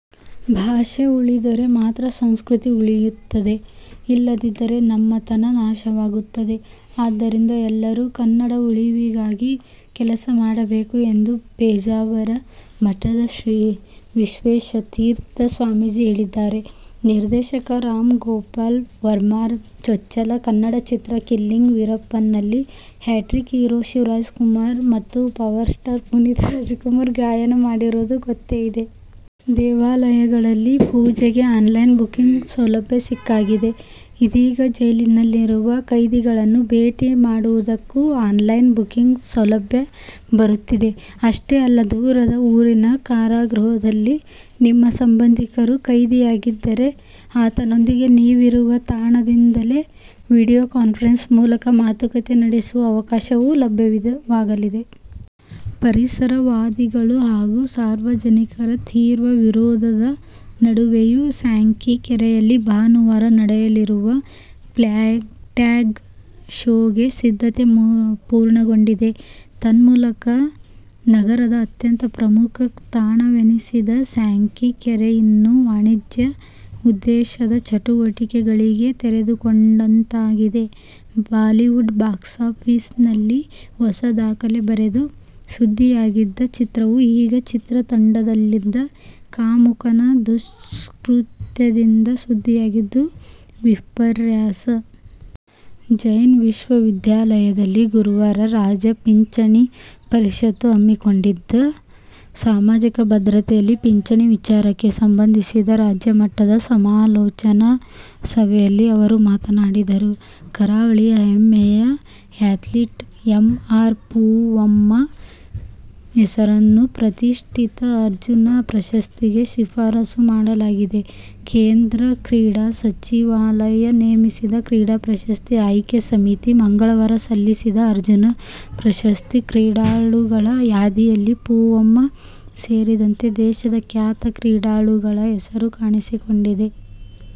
ಭಾಷೆ ಉಳಿದರೆ ಮಾತ್ರ ಸಂಸ್ಕೃತಿ ಉಳಿಯುತ್ತದೆ. ಇಲ್ಲದಿದ್ದರೆ ನಮ್ಮತನ ನಾಶವಾಗುತ್ತದೆ. ಆದ್ದರಿಂದ ಎಲ್ಲರೂ ಕನ್ನಡ ಉಳಿವಿಗಾಗಿ ಕೆಲಸ ಮಾಡಬೇಕು ಎಂದು ಪೇಜಾವರ ಮಠದ ಶ್ರೀ ವಿಶ್ವೇಶತೀರ್ಥ ಸ್ವಾಮೀಜಿ ಹೇಳಿದ್ದಾರೆ. ನಿರ್ದೇಶಕ ರಾಮ್ ಗೋಪಾಲ್ ವರ್ಮಾರ ಚೊಚ್ಚಲ ಕನ್ನಡ ಚಿತ್ರ ಕಿಲ್ಲಿಂಗ್ ವೀರಪ್ಪನ್'ನಲ್ಲಿ ಹ್ಯಾಟ್ರಿಕ್ ಹೀರೊ ಶಿವರಾಜ್ ಕುಮಾರ್ ಮತ್ತು ಪವರ್ ಸ್ಟಾರ್ ಪುನೀತ್ ರಾಜ್ ಕುಮಾರ್ ಗಾಯನ ಮಾಡಿರುವುದು ಗೊತ್ತೆ ಇದೆ. ದೇವಾಲಯಗಳಲ್ಲಿ ಪೂಜೆಗೆ ಆನ್ಲೈನ್ ಬುಕಿಂಗ್ ಸೌಲಭ್ಯ ಸಿಕ್ಕಾಗಿದೆ. ಇದೀಗ ಜೈಲಿನಲ್ಲಿರುವ ಕೈದಿಗಳನ್ನು ಭೇಟಿ ಮಾಡುವುದಕ್ಕೂ ಆನ್ಲೈನ್ ಬುಕಿಂಗ್ ಸೌಲಭ್ಯ ಬರುತ್ತಿದೆ. ಅಷ್ಟೇ ಅಲ್ಲ, ದೂರದ ಊರಿನ ಕಾರಾಗೃಹದಲ್ಲಿ ನಿಮ್ಮ ಸಂಬಂಧಿಕರು ಕೈದಿಯಾಗಿದ್ದರೆ ಆತನೊಂದಿಗೆ ನೀವಿರುವ ತಾಣದಿಂದಲೇ ವಿಡಿಯೋ ಕಾನ್ಫರೆನ್ಸ್ ಮೂಲಕ ಮಾತುಕತೆ ನಡೆಸುವ ಅವಕಾಶವೂ ಲಭ್ಯವಾಗಲಿದೆ. ಪರಿಸರ ವಾದಿಗಳು ಹಾಗೂ ಸಾರ್ವಜನಿಕರ ತೀವ್ರ ವಿರೋಧದ ನಡುವೆಯೂ ಸ್ಯಾಂಕಿ ಕೆರೆಯಲ್ಲಿ ಭಾನುವಾರ ನಡೆಯಲಿರುವ "ಫ್ಲ್ಯಾಗ್ಟ್ಯಾಗ್ ಶೋ'ಗೆ ಸಿದ್ದತೆ ಪೂರ್ಣಗೊಂಡಿದೆ. ತನ್ಮೂಲಕ ನಗರದ ಅತ್ಯಂತ ಪ್ರಮುಖ ತಾಣವೆನಿಸಿದ ಸ್ಯಾಂಕಿ ಕೆರೆ ಇನ್ನು ವಾಣಿಜ್ಯ ಉದ್ದೇಶದ ಚಟುವಟಿಕೆಗಳಿಗೆ ತೆರೆದುಕೊಂಡಂತಾಗಿದೆ. ಬಾಲಿವುಡ್ ಬಾಕ್ಸಾಫೀಸ್'ನಲ್ಲಿ ಹೊಸ ದಾಖಲೆ ಬರೆದು ಸುದ್ದಿಯಾಗಿದ್ದ ಚಿತ್ರವು ಈಗ ಚಿತ್ರತಂಡದಲ್ಲಿದ್ದ ಕಾಮುಕನ ದುಷ್ಕೃತ್ಯದಿಂದ ಸುದ್ದಿಯಾಗಿದ್ದು ವಿಪರ್ಯಾಸ. ಜೈನ್ ವಿಶ್ವವಿದ್ಯಾಲಯದಲ್ಲಿ ಗುರುವಾರ ರಾಜ್ಯ ಪಿಂಚಣಿ ಪರಿಷತ್ತು ಹಮ್ಮಿಕೊಂಡಿದ್ದ "ಸಾಮಾಜಿಕ ಭದ್ರತೆಯಲ್ಲಿ ಪಿಂಚಣಿ' ವಿಚಾರಕ್ಕೆ ಸಂಬಂಧಿಸಿದ ರಾಜ್ಯಮಟ್ಟದ ಸಮಾಲೋಚನಾ ಸಭೆಯಲ್ಲಿ ಅವರು ಮಾತನಾಡಿದರು. ಕರಾವಳಿಯ ಹೆಮ್ಮೆಯ ಆ್ಯತ್ಲೀಟ್ ಎಂ. ಆರ್. ಪೂವಮ್ಮ ಹೆಸರನ್ನು ಪ್ರತಿಷ್ಠಿತ ಅರ್ಜುನ ಪ್ರಶಸ್ತಿಗೆ ಶಿಫಾರಸು ಮಾಡಲಾಗಿದೆ. ಕೇಂದ್ರ ಕ್ರೀಡಾ ಸಚಿವಾಲಯ ನೇಮಿಸಿದ ಕ್ರೀಡಾ ಪ್ರಶಸ್ತಿ ಆಯ್ಕೆ ಸಮಿತಿ ಮಂಗಳವಾರ ಸಲ್ಲಿಸಿದ ಅರ್ಜುನ ಪ್ರಶಸ್ತಿ ಕ್ರೀಡಾಳುಗಳ ಯಾದಿಯಲ್ಲಿ ಪೂವಮ್ಮ ಸೇರಿದಂತೆ ದೇಶದ ಖ್ಯಾತ ಕ್ರೀಡಾಳುಗಳ ಹೆಸರು ಕಾಣಿಸಿಕೊಂಡಿದೆ.